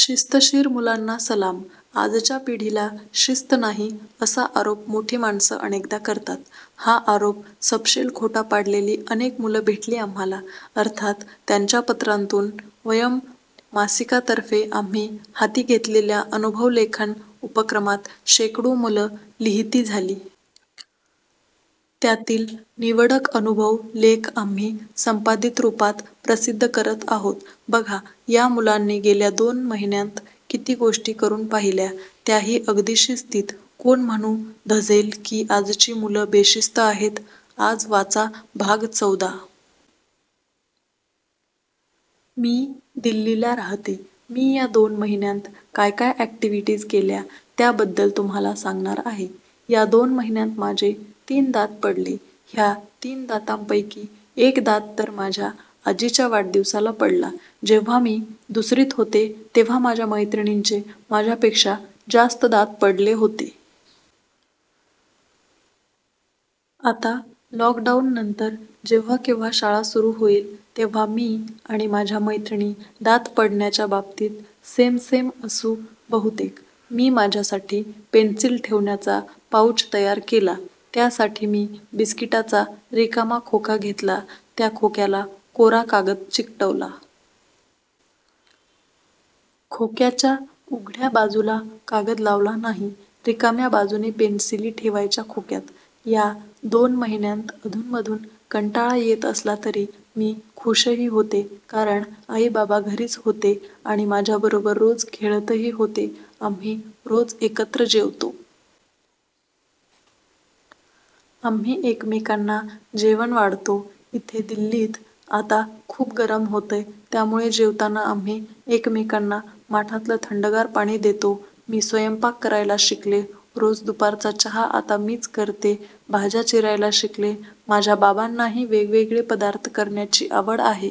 शिस्तशीर मुलांना सलाम. आजच्या पिढीला शिस्त नाही, असा आरोप मोठी माणसं अनेकदा करतात. हा आरोप सपशेल खोटा पाडलेली अनेक मुलं भेटली आम्हांला, अर्थात त्यांच्या पत्रांतून. वयम् मासिकातर्फे आम्ही हाती घेतलेल्या अनुभव लेखन उपक्रमात शेकडो मुलं लिहिती झाली. त्यातील निवडक अनुभव लेख आम्ही संपादित रूपात प्रसिद्ध करत आहोत. बघा, या मुलांनी गेल्या दोन महिन्यांत किती गोष्टी करून पाहिल्या, त्याही अगदी शिस्तीत. कोण म्हणू धजेल की आजची मुलं बेशिस्त आहेत? आज वाचा भाग चौदा. मी दिल्लीला राहते. मी या दोन महिन्यांत काय काय ऍक्टिव्हिटीज केल्या, त्याबद्दल तुम्हांला सांगणार आहे. या दोन महिन्यांत माझे तीन दात पडले. ह्या तीन दातांपैकी एक दात तर माझ्या आजीच्या वाढदिवसाला पडला. जेव्हा मी दुसरीत होते, तेव्हा माझ्या मैत्रिणींचे माझ्यापेक्षा जास्त दात पडले होते. आता लॉकडाऊननंतर जेव्हा केव्हा शाळा सुरू होईल तेव्हा मी आणि माझ्या मैत्रिणी दात पडण्याच्या बाबतीत सेम सेम असू बहुतेक. मी माझ्यासाठी पेन्सिल ठेवण्याचा पाऊच तयार केला. त्यासाठी मी बिस्किटाचा रिकामा खोका घेतला. त्या खोक्याला कोरा कागद चिकटवला. खोक्याच्या उघड्या बाजूला कागद लावला नाही. रिकाम्या बाजूने पेन्सिली ठेवायच्या खोक्यात. या दोन महिन्यांत अधूनमधून कंटाळा येत असला तरी मी खूशही होते. कारण, आई बाबा घरीच होते आणि माझ्याबरोबर रोज खेळतही होते. आम्ही रोज एकत्र जेवतो. आम्ही एकमेकांना जेवण वाढतो. इथे दिल्लीत आता खूप गरम होतंय, त्यामुळे जेवताना आम्ही एकमेकांना माठातलं थंडगार पाणी देतो. मी स्वयंपाक करायला शिकले. रोज दुपारचा चहा आता मीच करते. भाज्या चिरायला शिकले. माझ्या बाबांनाही वेगवेगळे पदार्थ करण्याची आवड आहे.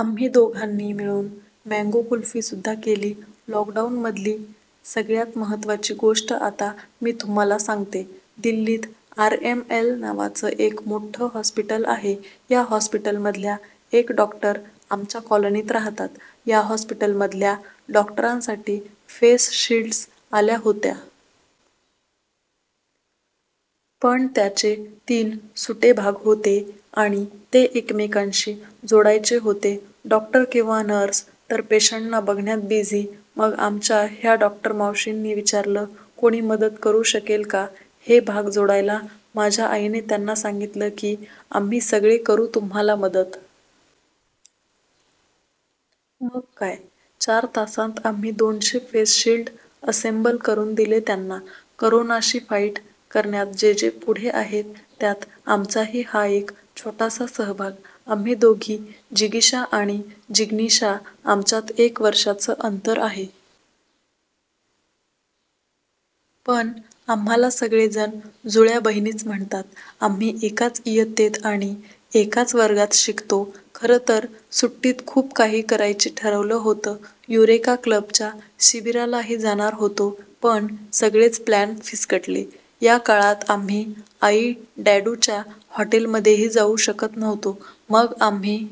आम्ही दोघांनी मिळून मँगो कुल्फीसुद्धा केली. लॉकडाऊनमधली सगळ्यात महत्त्वाची गोष्ट आता मी तुम्हांला सांगते. दिल्लीत आरएमएल नावाचं एक मोठ्ठं हॉस्पिटल आहे. या हॉस्पिटलमधल्या एक डॉक्टर आमच्या कॉलनीत राहतात. या हॉस्पिटलमधल्या डॉक्टरांसाठी फेस शिल्ड्स आल्या होत्या. पण त्याचे तीन सुटे भाग होते आणि ते एकमेकांशी जोडायचे होते. डॉक्टर किंवा नर्स तर पेशंटना बघण्यात बिझी. मग आमच्या ह्या डॉक्टर मावशींनी विचारलं, कोणी मदत करू शकेल का हे भाग जोडायला? माझ्या आईने त्यांना सांगितलं की आम्ही सगळे करू तुम्हांला मदत. मग काय? चार तासांत आम्ही दोनशे फेस शिल्ड असेम्बल करून दिले त्यांना. करोनाशी फाईट करण्यात जे जे पुढे आहेत, त्यात आमचाही हा एक छोटासा सहभाग. आम्ही दोघी जिगीषा आणि जिग्नीषा. आमच्यात एक वर्षाचं अंतर आहे. पण आम्हांला सगळेजण जुळ्या बहिणीच म्हणतात. आम्ही एकाच इयत्तेत आणि एकाच वर्गात शिकतो. खरंतर सुट्टीत खूप काही करायचे ठरवलं होतं. युरेका क्लबच्या शिबिरालाही जाणार होतो. पण सगळेच प्लॅन फिस्कटले. या काळात आम्ही आई डॅडूच्या हॉटेलमध्येही जाऊ शकत नव्हतो. मग आम्ही